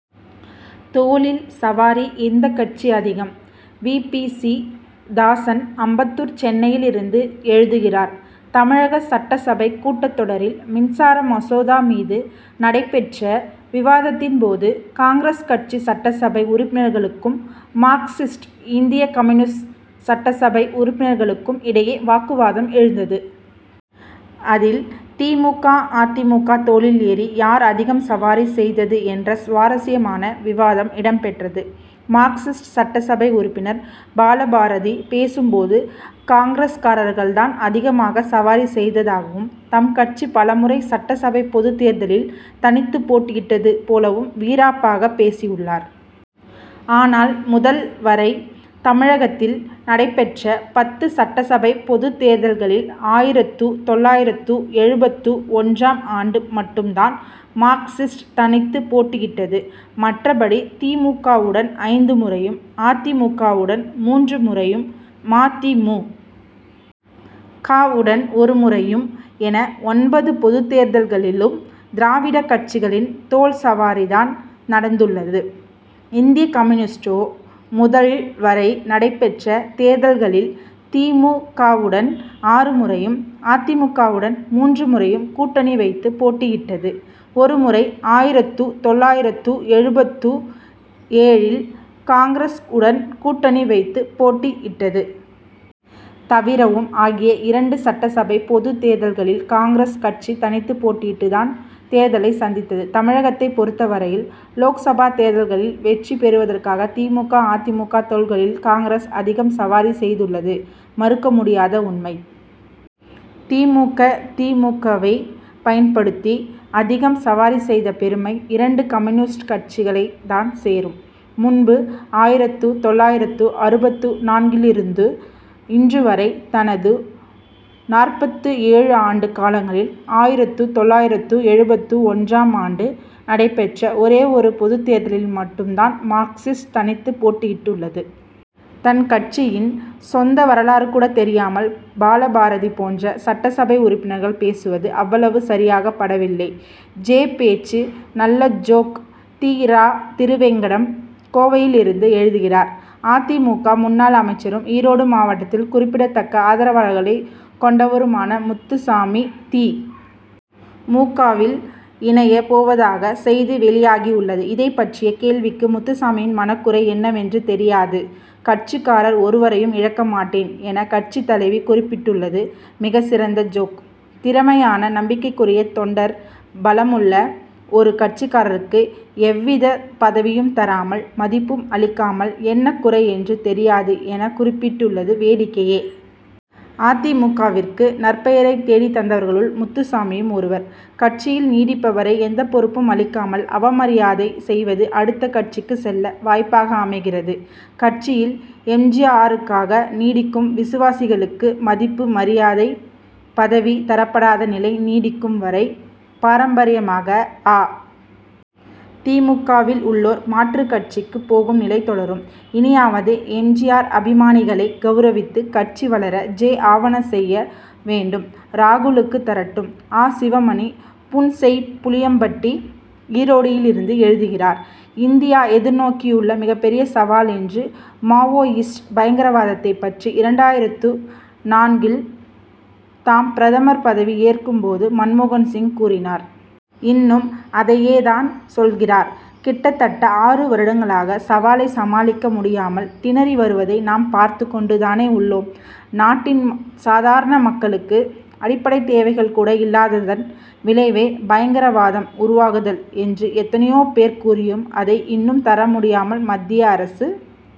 தோளில் சவாரி எந்தக் கட்சி அதிகம்? வி. பி. சி. தாசன், அம்பத்தூர், சென்னையிலிருந்து எழுதுகிறார் தமிழக சட்டசபை கூட்டத் தொடரில், மின்சார மசோதா மீது நடைபெற்ற விவாதத்தின் போது, காங்கிரஸ் கட்சி சட்டசபை உறுப்பினர்களுக்கும், மார்க்சிஸ்ட், இந்திய கம்யூனிஸ்ட் சட்டசபை உறுப்பினர்களுக்கும் இடையே வாக்குவாதம் எழுந்தது. அதில், தி. மு. க., அ. தி. மு. க., தோளில் ஏறி, யார் அதிகம் சவாரி செய்தது என்ற சுவாரசியமான விவாதம் இடம்பெற்றது. மார்க்சிஸ்ட் சட்டசபை உறுப்பினர் பாலபாரதி பேசும்போது, காங்கிரஸ்காரர்கள் தான் அதிகமாக சவாரி செய்ததாகவும், தம்கட்சி பலமுறை சட்டசபை பொதுத்தேர்தலில், தனித்து போட்டியிட்டது போலவும் வீராப்பாக பேசியுள்ளார். ஆனால், முதல், வரை, தமிழகத்தில் நடைபெற்ற பத்து சட்டசபை பொதுத் தேர்தல்களில், ஆயிரத்து தொள்ளாயிரத்து எழுபத்து ஒன்றாம் ஆண்டு மட்டும்தான் மார்க்சிஸ்ட் தனித்து போட்டியிட்டது. மற்றபடி, தி. மு. க.,வுடன் ஐந்து முறையும், அ. தி. மு. க.,வுடன் மூன்று முறையும், ம. தி. மு. க.,வுடன் ஒருமுறையும் என, ஒன்பது பொதுத் தேர்தல்களிலும், திராவிடக் கட்சிகளின், தோள் சவாரி தான் நடந்துள்ளது. இந்திய கம்யூனிஸ்டோ, முதல், வரை நடைபெற்ற தேர்தல்களில், தி. மு. க.,வுடன் ஆறு முறையும், அ. தி. மு. க.,வுடன் மூன்று முறையும் கூட்டணி வைத்து போட்டியிட்டது. ஒரு முறை, ஆயிரத்து தொள்ளாயிரத்து எழுபத்து ஏழில், காங்கிரஸ் உடன் கூட்டணி வைத்து போட்டியிட்டது. தவிரவும், ஆகிய இரண்டு சட்டசபை பொதுத் தேர்தல்களில், காங்கிரஸ் கட்சி தனித்து போட்டியிட்டுதான் தேர்தலை சந்தித்தது. தமிழகத்தை பொறுத்த வரையில், லோக்சபா தேர்தல்களில், வெற்றி பெறுவதற்காக, தி. மு. க., அ. தி. மு. க., தோள்களில் காங்கிரஸ் அதிகம் சவாரி செய்துள்ளது, மறுக்க முடியாத உண்மை. தி. மு. க., தி. மு. க.,வை பயன்படுத்தி, அதிகம் சவாரி செய்த பெருமை, இரண்டு கம்யூனிஸ்ட் கட்சிகளைத் தான் சேரும். முன்பு ஆயிரத்து தொள்ளாயிரத்து அறுபத்து நான்கிலிருந்து, இன்று வரை, தனது நாற்பத்து ஏழு ஆண்டு காலங்களில், ஆயிரத்து தொள்ளாயிரத்து எழுபத்து ஒன்றாம் ஆண்டு நடைபெற்ற ஒரே ஒரு பொதுத் தேர்தலில் மட்டும் தான், மார்க்சிஸ்ட் தனித்து போட்டியிட்டுள்ளது. தன் கட்சியின் சொந்த வரலாறு கூட தெரியாமல், பாலபாரதி போன்ற சட்டசபை உறுப்பினர்கள் பேசுவது, அவ்வளவு சரியாகப்படவில்லை. ஜெ., பேச்சு நல்ல ஜோக் தி. ரா. திருவேங்கடம், கோவையிலிருந்து எழுதுகிறார் அ. தி. மு. க., முன்னாள் அமைச்சரும், ஈரோடு மாவட்டத்தில் குறிப்பிடத் தக்க ஆதரவாளர்களை கொண்டவருமான முத்துசாமி, தி. மு. க.,வில் இணைய போவதாக செய்தி வெளியாகியுள்ளது. இதைப்பற்றிய கேள்விக்கு, முத்துசாமியின் மனக்குறை என்னவென்று தெரியாது; கட்சிக்காரர் ஒருவரையும் இழக்க மாட் டேன் என, கட்சித்தலைவி குறிப்பிட்டுள்ளது, மிகச் சிறந்த ஜோக். திறமையான, நம்பிக்கைக்குரிய தொண்டர் பலமுள்ள ஒரு கட்சிக்காரருக்கு, எவ்வித பதவியும் தராமல், மதிப்பும் அளிக்காமல், என்ன குறை என்று தெரியாது எனக் குறிப் பிட்டுள்ளது வேடிக்கையே! அ. தி. மு. க.,விற்கு நற்பெயரை தேடித் தந்தவர்களுள் முத்துசாமியும் ஒருவர். கட்சியில் நீடிப்பவரை, எந்தப் பொறுப்பும் அளிக்காமல் அவமரியாதை செய்வது, அடுத்த கட்சிக்கு செல்ல வாய்ப்பாக அமைகிறது. கட்சியில் எம். ஜி. ஆருக்காக நீடிக்கும் விசுவாசிகளுக்கு, மதிப்பு, மரியாதை, பதவி தரப்படாத நிலை நீடிக்கும் வரை, பாரம்பரியமாக அ. தி. மு. க., வில் உள்ளோர், மாற்றுக் கட்சிக்கு போகும் நிலை தொடரும். இனியாவது எம். ஜி. ஆர் அபிமானிகளை கவுரவித்து, கட்சி வளர ஜெ., ஆவன செய்ய வேண்டும்! ராகுலுக்கு தரட்டும் ஆ. சிவமணி, புன்செய்ப்புளியம்பட்டி, ஈரோடியிலிருந்து எழுதுகிறார் இந்தியா எதிர்நோக்கியுள்ள மிகப்பெரிய சவால் என்று, மாவோயிஸ்ட் பயங்கரவாதத்தை பற்றி, இரண்டாயிரத்து நான்கில் தாம் பிரதமர் பதவி ஏற்கும் போது மன்மோகன்சிங் கூறினார். இன்னும் அதையே தான் சொல்கிறார். கிட்டத்தட்ட ஆறு வருடங்களாக, சவாலை சமாளிக்க முடியாமல் திணறி வருவதை நாம் பார்த்து கொண்டு தானே உள்ளோம். நாட்டின் சாதாரண மக்களுக்கு, அடிப்படைத் தேவைகள் கூட இல்லாததன் விளைவே, பயங்கரவாதம் உருவாகுதல் என்று எத்தனையோ பேர் கூறியும், அதை இன்னும் தரமுடியாமல், மத்திய அரசு